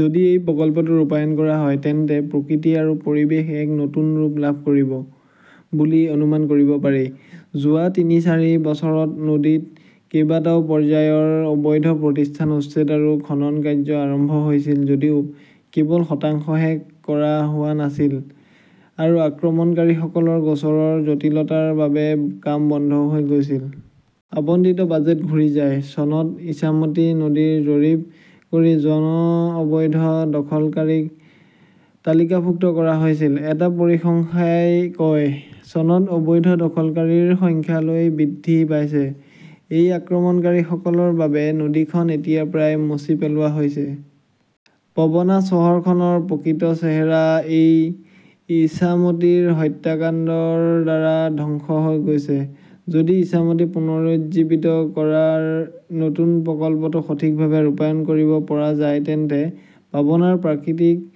যদি এই প্ৰকল্পটো ৰূপায়ণ কৰা হয়, তেন্তে প্ৰকৃতি আৰু পৰিৱেশ এক নতুন ৰূপ লাভ কৰিব বুলি অনুমান কৰিব পাৰি। যোৱা তিনি-চাৰি বছৰত নদীত কেইবাটাও পৰ্যায়ৰ অবৈধ প্ৰতিষ্ঠান উচ্ছেদ আৰু খনন কাৰ্য আৰম্ভ হৈছিল যদিও কেৱল শতাংশহে কৰা হোৱা নাছিল, আৰু আক্ৰমণকাৰীসকলৰ গোচৰৰ জটিলতাৰ বাবে কাম বন্ধ হৈ গৈছিল। আবণ্টিত বাজেট ঘূৰি যায়। চনত ইছামতী নদীৰ জৰীপ কৰি জন অবৈধ দখলকাৰীক তালিকাভুক্ত কৰা হৈছিল, এটা পৰিসংখ্যাই কয়। চনত অবৈধ দখলকাৰীৰ সংখ্যা লৈ বৃদ্ধি পাইছে। এই আক্ৰমণকাৰীসকলৰ বাবে নদীখন এতিয়া প্ৰায় মচি পেলোৱা হৈছে। পবনা চহৰখনৰ প্ৰকৃত চেহেৰা এই ইছামতীৰ হত্যাকাণ্ডৰ দ্বাৰা ধ্বংস হৈ গৈছে। যদি ইছামতী পুনৰুজ্জীৱিত কৰাৰ নতুন প্ৰকল্পটো সঠিকভাৱে ৰূপায়ণ কৰিব পৰা যায়, তেন্তে পাবনাৰ প্ৰাকৃতিক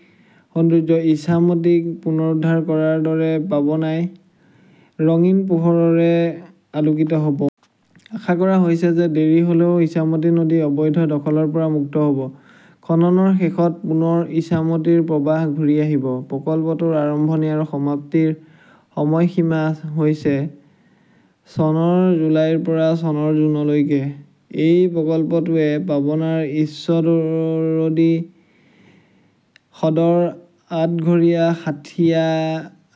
সৌন্দৰ্য্য ইছামতীক পুনৰুদ্ধাৰ কৰাৰ দৰে পাবনাই ৰঙীন পোহৰেৰে আলোকিত হ 'ব। আশা কৰা হৈছে যে দেৰি হ’লেও ইছামতী নদী অবৈধ দখলৰ পৰা মুক্ত হ’ব। খননৰ শেষত পুনৰ ইছামতিৰ প্ৰবাহ ঘূৰি আহিব। প্ৰকল্পটোৰ আৰম্ভণি আৰু সমাপ্তিৰ সময়সীমা হৈছে চনৰ জুলাইৰ পৰা চনৰ জুনলৈকে। এই প্ৰকল্পটোৱে পাবনাৰ ঈশ্বৰদী, সদৰ, আটঘৰিয়া, সাঁথিয়া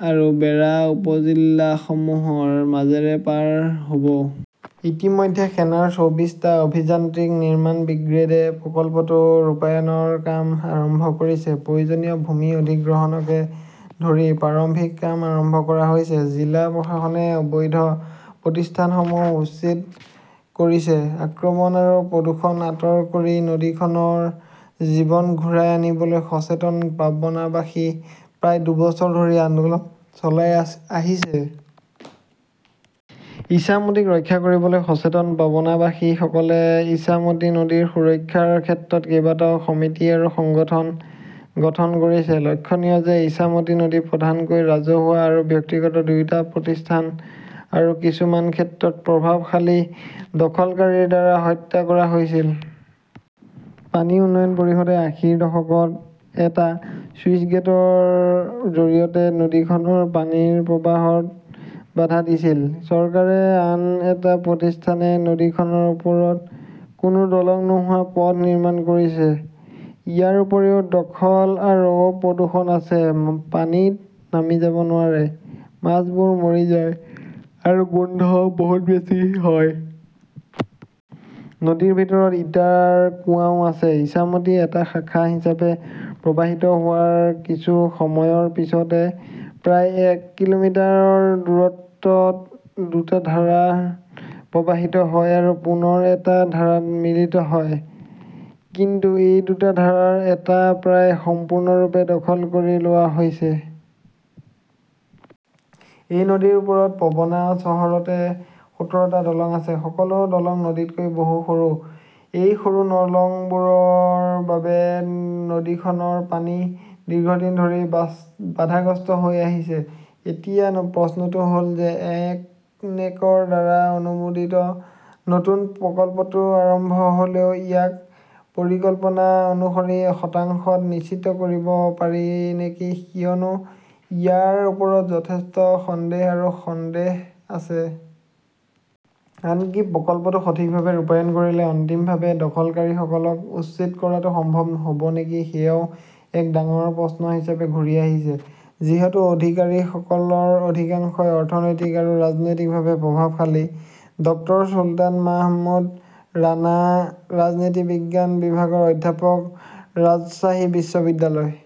আৰু বেৰা উপজিল্লাসমূহৰ মাজেৰে পাৰ হ 'ব। ইতিমধ্যে সেনাৰ চৌবিশ টা অভিযান্ত্ৰিক নিৰ্মাণ ব্ৰিগেডে প্ৰকল্পটোৰ ৰূপায়ণৰ কাম আৰম্ভ কৰিছে। প্ৰয়োজনীয় ভূমি অধিগ্ৰহণকে ধৰি প্ৰাৰম্ভিক কাম আৰম্ভ কৰা হৈছে। জিলা প্ৰশাসনে অবৈধ প্ৰতিষ্ঠানসমূহ উচ্ছেদ কৰিছে। আক্ৰমণ আৰু প্ৰদূষণ আঁতৰ কৰি নদীখনৰ জীৱন ঘূৰাই আনিবলৈ সচেতন পাবনাবাসী প্ৰায় দুবছৰ ধৰি আন্দোলন চলাই আহিছে। ইছামতীক ৰক্ষা কৰিবলৈ সচেতন পবনাৱাসীসকলে ইছামতী নদীৰ সুৰক্ষাৰ ক্ষেত্ৰত কেইবাটাও সমিতি আৰু সংগঠন গঠন কৰিছে। লক্ষণীয় যে ইছামতী নদী প্ৰধানকৈ ৰাজহুৱা আৰু ব্যক্তিগত দুয়োটা প্ৰতিষ্ঠান আৰু কিছুমান ক্ষেত্ৰত প্ৰভাৱশালী দখলকাৰীৰ দ্বাৰা হত্যা কৰা হৈছিল। পানী উন্নয়ন পৰিষদে আশীৰ দশকত এটা স্লুইছগেটৰ জৰিয়তে নদীখনৰ পানীৰ প্ৰবাহত বাধা দিছিল। চৰকাৰে আন এটা প্ৰতিষ্ঠানে নদীখনৰ ওপৰত কোনো দলং নোহোৱা পথ নিৰ্মাণ কৰিছে। ইয়াৰ উপৰিও দখল আৰু প্ৰদূষণ আছে। পানীত নামি যাব নোৱাৰে, মাছবোৰ মৰি যায়, আৰু গোন্ধও বহুত বেছি হয়। নদীৰ ভিতৰত ইটাৰ কুঁৱাও আছে। ইছামতী এটা শাখা হিচাপে প্ৰৱাহিত হোৱাৰ কিছু সময়ৰ পিছতে প্ৰায় এক কিলোমিটাৰৰ দূৰত্বত দুটা ধাৰা প্ৰৱাহিত হয় আৰু পুনৰ এটা ধাৰাত মিলিত হয়। কিন্তু এই দুটা ধাৰাৰ এটা প্ৰায় সম্পূৰ্ণৰূপে দখল কৰি লোৱা হৈছে। এই নদীৰ ওপৰত পবনা চহৰতে সোতৰ টা দলং আছে। সকলো দলং নদীতকৈ বহু সৰু। এই সৰু দলংবোৰৰ বাবে নদীখনৰ পানী দীৰ্ঘদিন ধৰি বাচ বাধাগ্ৰস্ত হৈ আহিছে। এতিয়া প্ৰশ্নটো হ’ল যে একনেকৰ দ্বাৰা অনুমোদিত নতুন প্ৰকল্পটো আৰম্ভ হ'লেও ইয়াক পৰিকল্পনা অনুসৰি শতাংশত নিশ্চিত কৰিব পাৰি নেকি কিয়নো ইয়াৰ ওপৰত যথেষ্ট সন্দেহ আৰু সন্দেহ আছে। আনকি প্ৰকল্পটো সঠিকভাৱে ৰূপায়ণ কৰিলে অন্তিমভাৱে দখলকাৰীসকলক উচ্ছেদ কৰাটো সম্ভৱ হ’ব নেকি-সেয়াও এক ডাঙৰ প্ৰশ্ন হিচাপে ঘূৰি আহিছে। যিহেতু অধিকাৰীসকলৰ অধিকাংশই অৰ্থনৈতিক আৰু ৰাজনৈতিকভাৱে প্ৰভাৱশালী। ডক্টৰ চুলতান মাহমুদ ৰাণা, ৰাজনীতি বিজ্ঞান বিভাগৰ অধ্যাপক, ৰাজশ্বাহী বিশ্ববিদ্যালয়।